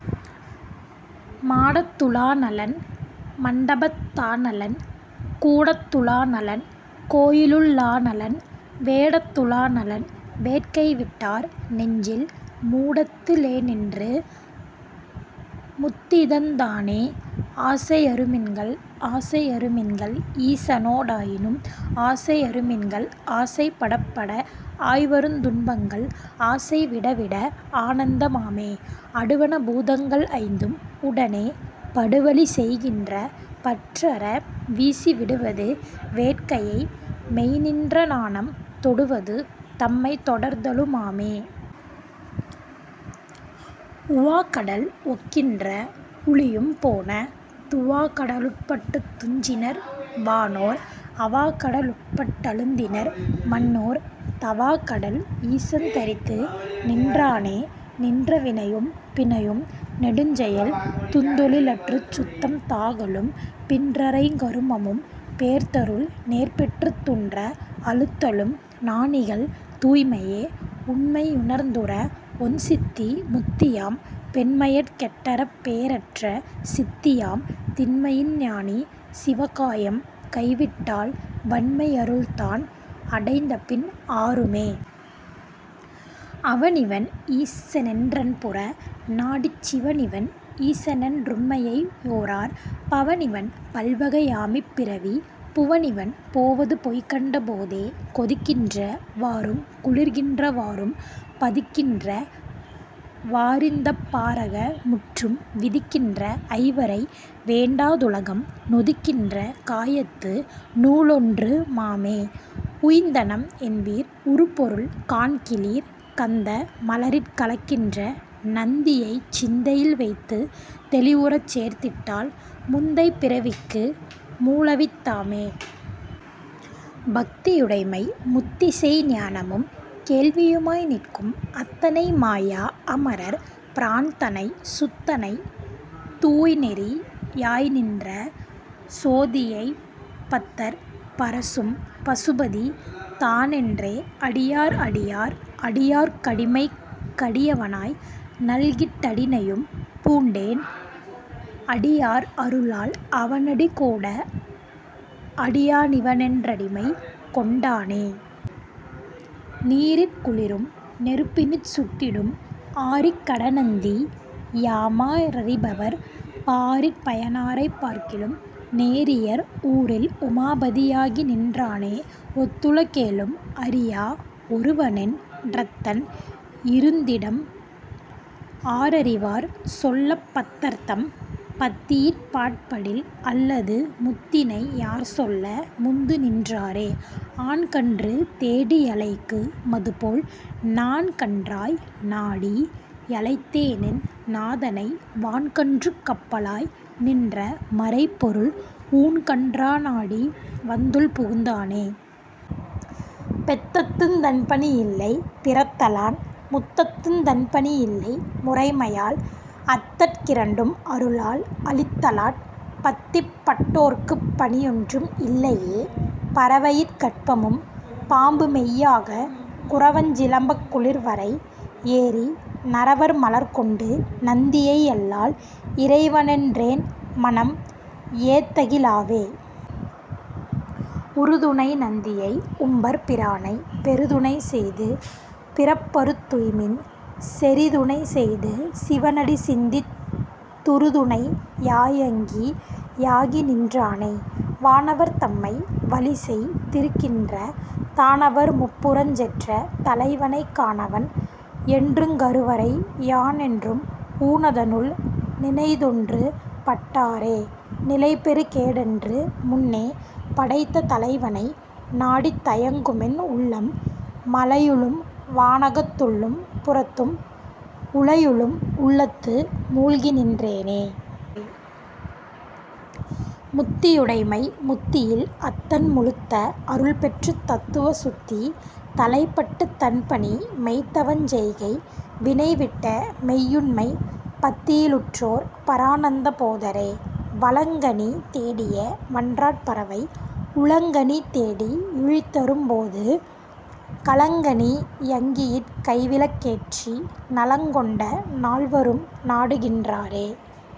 மாடத்து ளானலன் மண்டபத் தானலன் கூடத்து ளானலன் கோயிலுள் ளானலன் வேடத்து ளானலன் வேட்கைவிட் டார்நெஞ்சில் மூடத்து ளேநின்று முத்திதந் தானே.. ஆசை யறுமின்கள் ஆசை யறுமின்கள் ஈசனோ டாயினும் ஆசை யறுமின்கள் ஆசை படப்பட ஆய்வருந் துன்பங்கள் ஆசை விடவிட ஆனந்த மாமே.. அடுவன பூதங்கள் ஐந்தும் உடனே படுவழி செய்கின்ற பற்றற வீசி விடுவது வேட்கையை மெய்ந்நின்ற ஞானம் தொடுவது தம்மைத் தொடர்தலு மாமே.. உவாக்கடல் ஒக்கின்ற வூழியும் போன துவாக்கட லுட்பட்டுத் துஞ்சினர் வானோர் அவாக்கட லுட்பட் டழுந்தினர் மண்ணோர் தவாக்கடல் ஈசன் தரித்து நின்றானே.. நின்ற வினையும் பிணியும் நெடுஞ்செயல் துந்தொழி லற்றுச் சுத்தம தாகலும் பின்றைங் கருமமும் பேர்த்தருள் நேர்பெற்றுத் துன்ற அழுத்தலும் ஞானிகள் தூய்மையே.. உண்மை யுணர்ந்துற ஒண்சித்தி முத்தியாம் பெண்மயற் கெட்டறப் பேறட்ட சித்தியாம் திண்மையின் ஞானி சிவகாயம் கைவிட்டால் வண்மை யருள்தான் அடைந்தபின் ஆறுமே.. அவனிவன் ஈசனென் றன்புற நாடிச் சிவனிவன் ஈசனென் றுண்மையை யோரார் பவனிவன் பல்வகை யாமிப் பிறவி புவனிவன் போவது பொய்கண்ட போதே.. கொதிக்கின்ற வாறுங் குளிர்கின்ற வாறும் பதிக்கின்ற வாறிந்தப் பாரக முற்றும் விதிக்கின்ற ஐவரை வேண்டா துலகம் நொதிக்கின்ற காயத்து நூலொன்று மாமே.. உய்ந்தனம் என்பீர் உறுபொருள் காண்கிலீர் கந்த மலரிற் கலக்கின்ற நந்தியைச் சிந்தையில் வைத்துத் தெளிவுறச் சேர்த்திட்டால் முந்தைப் பிறவிக்கு மூலவித் தாமே... பக்தியுடைமை முத்திசெய் ஞானமும் கேள்வியு மாய்நிற்கும் அத்தனை மாயா அமரர் பிரான்தனைச் சுத்தனை தூய்நெறி யாய்நின்ற சோதியைப் பத்தர் பரசும் பசுபதி தானென்றே.. அடியார் அடியார் அடியார்க் கடிமைக் கடியவனாய் நல்கிட் டடினையும் பூண்டேன் அடியார் அருளால் அவனடி கூட அடியா னிவனென் றடிமைகொண் டானே.. நீரிற் குளிரும் நெருப்பினிற் சுட்டிடும் ஆரிக் கடனந்தி யாமா ரறிபவர் பாரிற் பயனாரைப் பார்க்கிலும் நேரியர் ஊரில் உமாபதி யாகிநின் றானே.. ஒத்துல கேழும் அறியா ஒருவனென் ற்த்தன் இருந்திடம் ஆரறிவார்சொல்லப் பத்தர்தம் பத்தியிற் பாற்படில் அல்லது முத்தினை யார்சொல்ல முந்துநின் றாரே.. ஆன்கன்று தேடி யழைக்கு மதுபோல் நான்கன்றாய் நாடி யழைத்தேனென் நாதனை வான்கன்றுக் கப்பாலாய் நின்ற மறைப்பொருள் ஊன்கன்றா னாடிவந் துள்புகுந் தானே.. பெத்தத்துந் தன்பணி இல்லை பிறத்தலான் முத்தத்துந் தன்பணி இல்லை முறைமையால் அத்தற் கிரண்டும் அருளால் அளித்தலாற் பத்திப்பட் டோ ர்க்குப் பணியொன்றும் இல்லையே.. பறவையிற் கற்பமும் பாம்புமெய் யாகப் குறவஞ் சிலம்பக் குளிர்வரை யேறி நறவார் மலர்கொண்டு நந்தியை யல்லால் இறைவனென் றென்மனம் ஏத்தகி லாவே.. உறுதுணை நந்தியை உம்பர் பிரானை பெறுதுணை செய்து பிறப்பறுத் துய்மின் செறிதுணை செய்து சிவனடி சிந்தித் துறுதுணை யாயங்கி யாகிநின் றானே.. வானவர் தம்மை வலிசெய் திருக்கின்ற தானவர் முப்புரஞ் செற்ற தலைவனைக் கானவன் என்றுங் கருவரை யானென்றும் ஊனத னுள்நினைந் தொன்றுபட் டாரே.. நிலைபெறு கேடென்று முன்னே படைத்த தலைவனை நாடித் தயங்குமென் உள்ளம் மலையுளும் வானகத் துள்ளும் புறத்தும் உலையுளும் உள்ளத்து மூழ்கிநின் றேனே... முத்தியுடைமை முத்தியில் அத்தன் முழுத்த அருள்பெற்றுத் தத்துவ சுத்தி தலைப்பட்டுத் தன்பணி மெய்த்தவஞ் செய்கை வினைவிட்ட மெய்யுண்மைப் பத்தியி லுற்றோர் பரானந்த போதரே.. வளங்கனி தேடிய வன்றாட் பறவை உளங்கனி தேடி யுழிதரும் போது களங்கனி யங்கியிற் கைவிளக் கேற்றி நலங் கொண்ட நால்வரும் நாடுகின்றாரே..